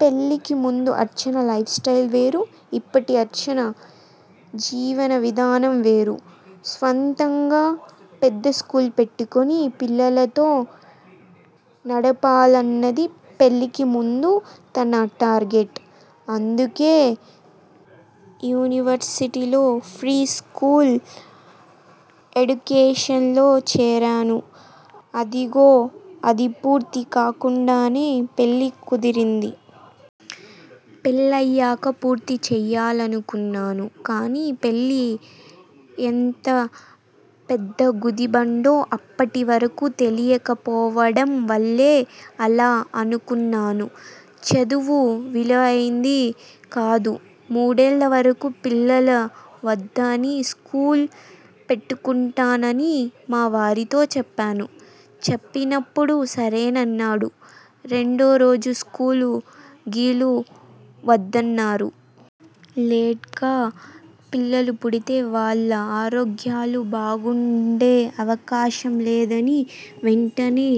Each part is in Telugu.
పెళ్ళికి ముందు అర్చన లైఫ్ స్టెయిల్ వేరు, ఇప్పటి అర్చన జీవన విధానం వేరు. స్వంతంగా పెద్ద స్కూలు పెట్టుకొని, పిల్లలతో నడపాలన్నదీ పెళ్ళికి ముందు నా టార్గెట్. అందుకే యూనివర్శిటీలో ఫ్రీ స్కూల్ ఎడ్యుకేషన్ లో చేరాను. అదిగో అది పూర్తి కాకుండానే పెళ్ళి కుదిరింది. పెళ్ళయ్యాక పూర్తి చేయాలనుకున్నాను. కానీ పెళ్ళి ఎంత పెద్ద గుది బండో అప్పటి వరకు తెలియక పోవడం వల్లే అలా అనుకున్నాను. చదువు వీలయింది కాదు. మూడేళ్ళ వరకు పిల్లలు వద్దని స్కూలు పెట్టుకుంటానని మా వారితో చెప్పాను. చెప్పినప్పుడు సరేనన్నారు. రెండో రోజు స్కూలూ గీలూ వద్దన్నారు. లేట్ గా పిల్లలు పుడితే వాళ్ళ ఆరోగ్యాలు బాగుండే అవకాశం లేదనీ, వెంటనే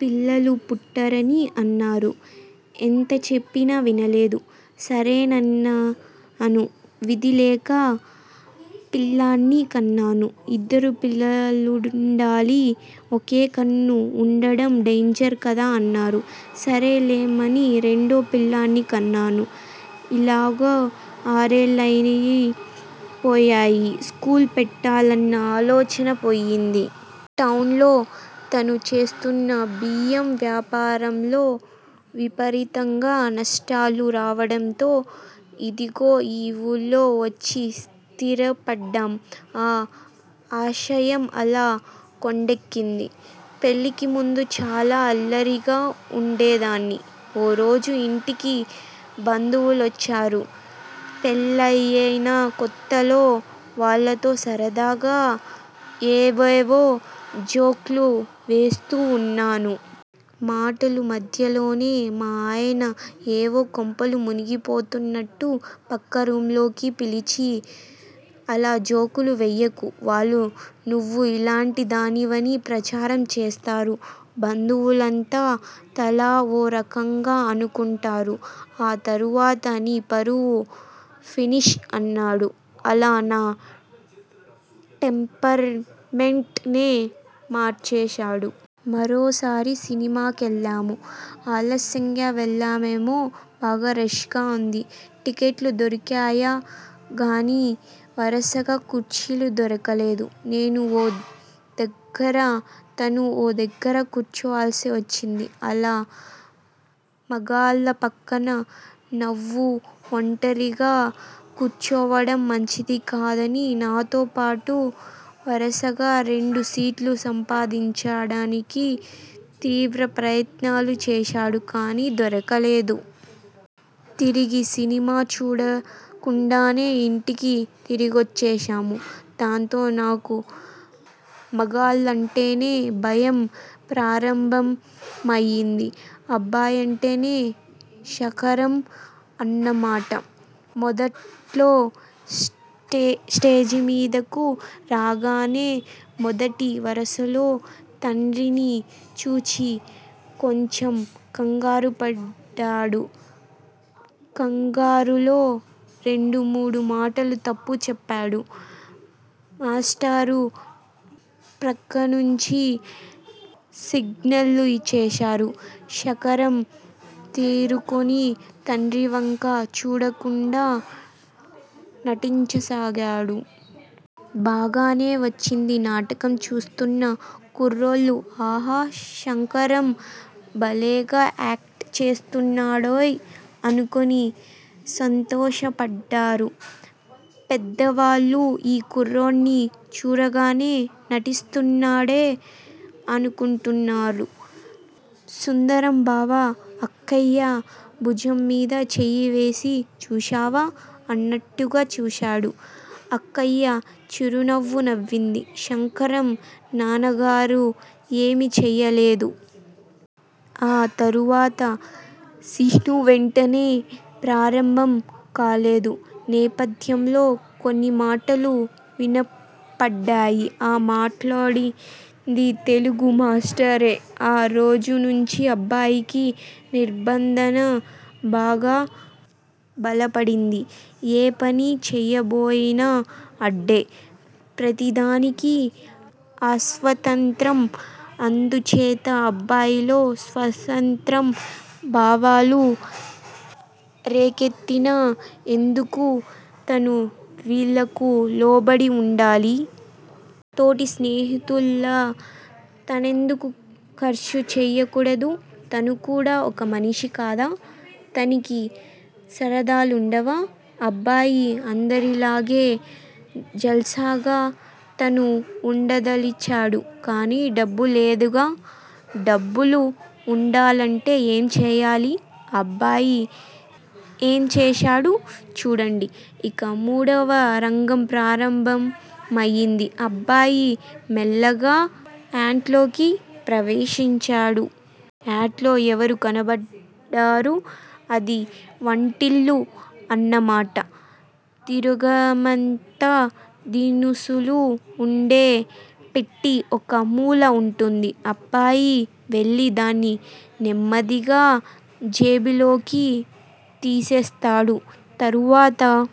పిల్లలు పుట్టారని అన్నారు. ఎంత చెప్పినా వినలేదు. సరేనన్నాను విధి లేక. పిల్లాడ్ని కన్నాను. ఇద్దరు పిల్లలుండాలి. ఒకే కన్ను వుండడం డేంజర్ కదా అన్నారు. సరే లెమ్మని రెండో పిల్లాడ్ని కన్నాను ఈలోగా ఆరేళ్ళయి పోయాయి స్కూలు పెట్టాలన్న ఆలోచనే పోయింది. టౌనులో తను చేస్తున్న బియ్యం వ్యాపారంలో విపరీతంగా నష్టాలు రావడంతో ఇదిగో ఈ ఊర్లో వచ్చి స్థిర పడ్డాం. ఆ ఆశయం అలా కొండెక్కింది. పెళ్ళికి ముందు చాలా అల్లరిగా వుండేదాన్ని, ఓ రోజు ఇంటికి బంధువులొచ్చారు పెళ్ళయిన కొత్తలో వాళ్ళతో సరదాగా, ఏవేవో జోక్ లు వేస్తూ వున్నాను. మాటల మధ్యలోనే మా ఆయన ఏవో కొంపలు మునిగిపోతున్నట్లు పక్క రూమ్ లోకి పిలిచి, అలా జోకులు వేయకు. వాళ్ళు నువ్వు ఇలాంటి దానివని ప్రచారం చేస్తారు. బంధువులంతా తలా ఓ రకంగా అనుకుంటారు. ఆ తరువాత నీ పరువు ఫినిష్ అన్నాడు. అలా నా టెంపర్ మెంట్ నే మార్చేశాడు. మరోసారి సినిమా కెళ్ళాము. ఆలస్యంగా వెళ్ళామేమో బాగా రష్ గా వుంది. టిక్కెట్లు దొరికాయి గానీ వరసగా కుర్చీలు దొరకలేదు. నేను ఓ దగ్గిరా, తను ఓ దగ్గిరా కూర్చోవాల్సి వచ్చింది. అలా మగాళ్ళ పక్కన నువ్వు ఒంటరిగా కూర్చోవడం మంచిది కాదని నాతో పాటు వరుసగా రెండు సీట్లు సంపాదించడానికి తీవ్ర ప్రయత్నాలు చేశాడు కానీ దొరకలేదు. తిరిగి సినిమా చూడకుండానే ఇంటికి తిరిగొచ్చేశాము. దాంతో నాకు మగాళ్ళంటేనే భయం ప్రారంభమయింది. అబ్బాయంటే శంకరం అన్నమాట. మొదట్లో స్టేజీమీదకు రాగానే మొదటి వరుసలో తండ్రిని చూచి కొంచెం కంగారుపడ్డాడు. కంగారులో రెండుమూడు మాటలు తప్పు చెప్పాడు. మేస్టారు ప్రక్కనుంచి సంజ్ఞలు చేశారు. శంకరం తేరుకొని తండ్రివంక చూడకుండా నటించసాగాడు. బాగానే వచ్చింది. నాటకం చూస్తున్న కుర్రాళ్ళు ఆహా! శంకరం బలేగా యాక్టు చేస్తున్నాడ్రోయ్ అనుకోని సంతోషపడ్డారు. పెద్దవాళ్ళు ఈ కుర్రాన్ని చూడగానే నటిస్తున్నాడే అనుకున్నారు. సుందరం బావ అక్కయ్య భుజంమీద చేయివేసి చూశావా అన్నట్టుగా చూశాడు. అక్కయ్య చిరునవ్వు నవ్వింది. శంకరం నాన్నగారు ఏమీ చెయ్యలేదు. ఆ తరువాత సీను వెంటనే ప్రారంభం కాలేదు. నేపథ్యంలో కొన్నిమాటలు వినపడ్డాయి. ఆ మాట్లాడింది తెలుగు మాస్టారే. ఆ రోజునుంచి అబ్బాయికి నిర్భంధన బాగా బలపడింది. ఏ పని చెయ్యబోయినా అడ్డే. ప్రతిదానికీ అస్వతంత్రం. అందుచేత అబ్బాయిలో స్వతంత్ర భావాలు రేకెత్తినై. ఎందుకు తను వీళ్ళకు లోబడి వుండాలి? తోటి స్నేహితుల్లా తనెందుకు ఖర్చు చెయ్యకూడదు? తను కూడా ఒక మనిషి కాదా? తనకీ సరదాలుండవా? అబ్బాయి అందరిలాగే జల్సాగా తనూ వుండదలిచాడు. కాని డబ్బు లేదుగా! డబ్బులు వుండాలంటే ఏం చెయ్యాలి? అబ్బాయి ఏంచేశాడు? చూడండి. ఇక మూడవ రంగం ప్రారంభమయింది. అబ్బాయి మెల్లగా యాట్లోకి ప్రవేశించాడు. యట్లో ఎవరూ కనబడరు. అది వంటిల్లు అన్నమాట. తిరగమోత దినుసులు వుండే పెట్టె ఒక మూల వుంటుంది. అబ్బాయి వెళ్ళి దాన్ని నెమ్మదిగా జేబులోకి తి సేస్తాడు. తరువాత